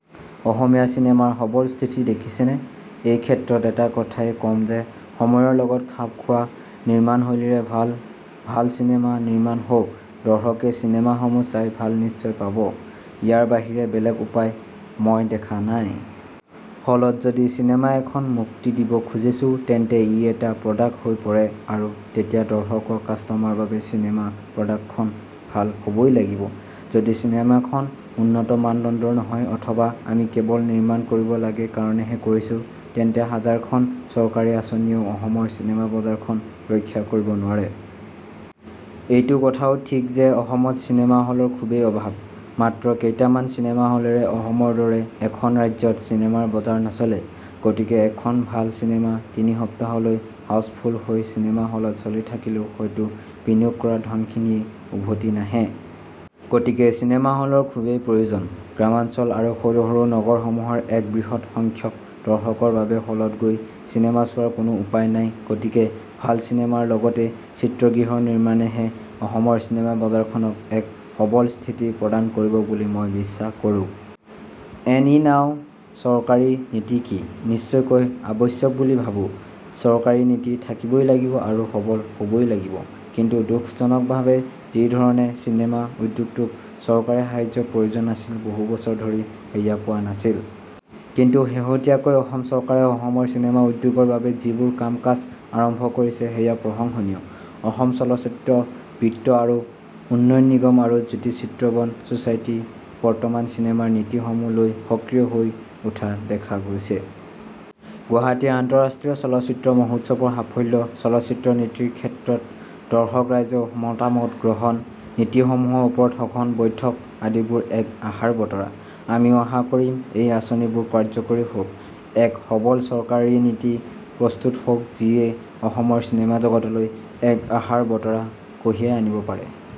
অসমীয়া চিনেমাৰ সবল স্থিতি দেখিছেনে? এই ক্ষেত্ৰত এটা কথায়েই কম যে সময়ৰ লগত খাপ খোৱা নিৰ্মাণ শৈলীৰে ভাল ভাল চিনেমা নিৰ্মাণ হওক। দৰ্শকে চিনেমা সমূহ চাই ভাল নিশ্চয় পাব। ইয়াৰ বাহিৰে বেলেগ উপায় মই দেখা নাই। হলত যদি চিনেমা এখন মুক্তি দিব খুজিছো তেন্তে ই এটা প্ৰডাক্ট হৈ পৰে আৰু তেতিয়া দৰ্শকৰ কাষ্টমাৰ বাবে চিনেমা প্ৰডাক্ট খন ভাল হ'বই লাগিব। যদি চিনেমা খন উন্নত মানদণ্ডৰ নহয় অথবা আমি কেৱল নিৰ্মাণ কৰিব লাগে কাৰণেহে কৰিছো তেন্তে হাজাৰখন চৰকাৰী আঁচনিয়েও অসমৰ চিনেমা বজাৰ খন ৰক্ষা কৰিব নোৱাৰে। এইটো কথাও ঠিক যে অসমত চিনেমা হলৰ খুবেই অভাৱ। মাত্ৰ কেইটামান চিনেমা হলেৰে অসমৰ দৰে এখন ৰাজ্যত চিনেমাৰ বজাৰ নচলে। গতিকে এখন ভাল চিনেমা তিনি সপ্তাহলৈ হাউচফুল হৈ চিনেমা হলত চলি থাকিলেও হয়তো বিনিয়োগ কৰা ধনখিনিয়েই উভতি নাহে। গতিকে চিনেমা হলৰ খুবেই প্ৰয়োজন। গ্ৰামাঞ্চল আৰু সৰু সৰু নগৰসমূহৰ এক বৃহত সংখ্যক দৰ্শকৰ বাবে হলত গৈ চিনেমা চোৱাৰ কোনো উপায় নাই গতিকে ভাল চিনেমাৰ লগতে চিত্ৰগৃহৰ নিৰ্মানেহে অসমৰ চিনেমা বজাৰখনক এক সবল স্থিতি প্ৰদান কৰিব বুলি মই বিশ্বাস কৰোঁ। এন ই নাও চৰকাৰী নীতি কি? নিশ্চয়কৈ আৱশ্যক বুলি ভাবো। চৰকাৰী নীতি থাকিবই লাগিব আৰু সবল হবই লাগিব। কিন্তু দুখজনকভাৱে যিধৰণে চিনেমা উদ্যোগটোক চৰকাৰী সাহায্যৰ প্ৰয়োজন আছিল বহু বছৰ ধৰি সেয়া পোৱা নাছিল। কিন্তু শেহতীয়াকৈ অসম চৰকাৰে অসমৰ চিনেমা উদ্যোগৰ বাবে যিবোৰ কাম কাজ আৰম্ভ কৰিছে সেয়া প্ৰশংসনীয়। অসম চলচ্চিত্ৰ বিত্ত আৰু উন্নয়ন নিগম আৰু জ্যোতি চিত্ৰবন ছোচাইটি বৰ্তমান চিনেমাৰ নীতি সমূহ লৈ সক্ৰিয় হৈ উঠা দেখা গৈছে। গুৱাহাটী আন্ত:ৰাষ্ট্ৰীয় চলচ্চিত্ৰ মহোৎসৱৰ সাফল্য, চলচ্চিত্ৰ নীতিৰ ক্ষেত্ৰত দৰ্শক ৰাইজৰ মতামত গ্ৰহণ, নীতি সমূহৰ ওপৰত সঘন বৈঠক আদিবোৰ এক আশাৰ বতৰা। আমিও আশা কৰিম এই আঁচনিবোৰ কাৰ্যকৰী হওঁক। এক সবল চৰকাৰী নীতি প্ৰস্তুত হওঁক যিয়ে অসমৰ চিনেমা জগতলৈ এক আশাৰ বতৰা কঢ়িয়াই আনিব পাৰে।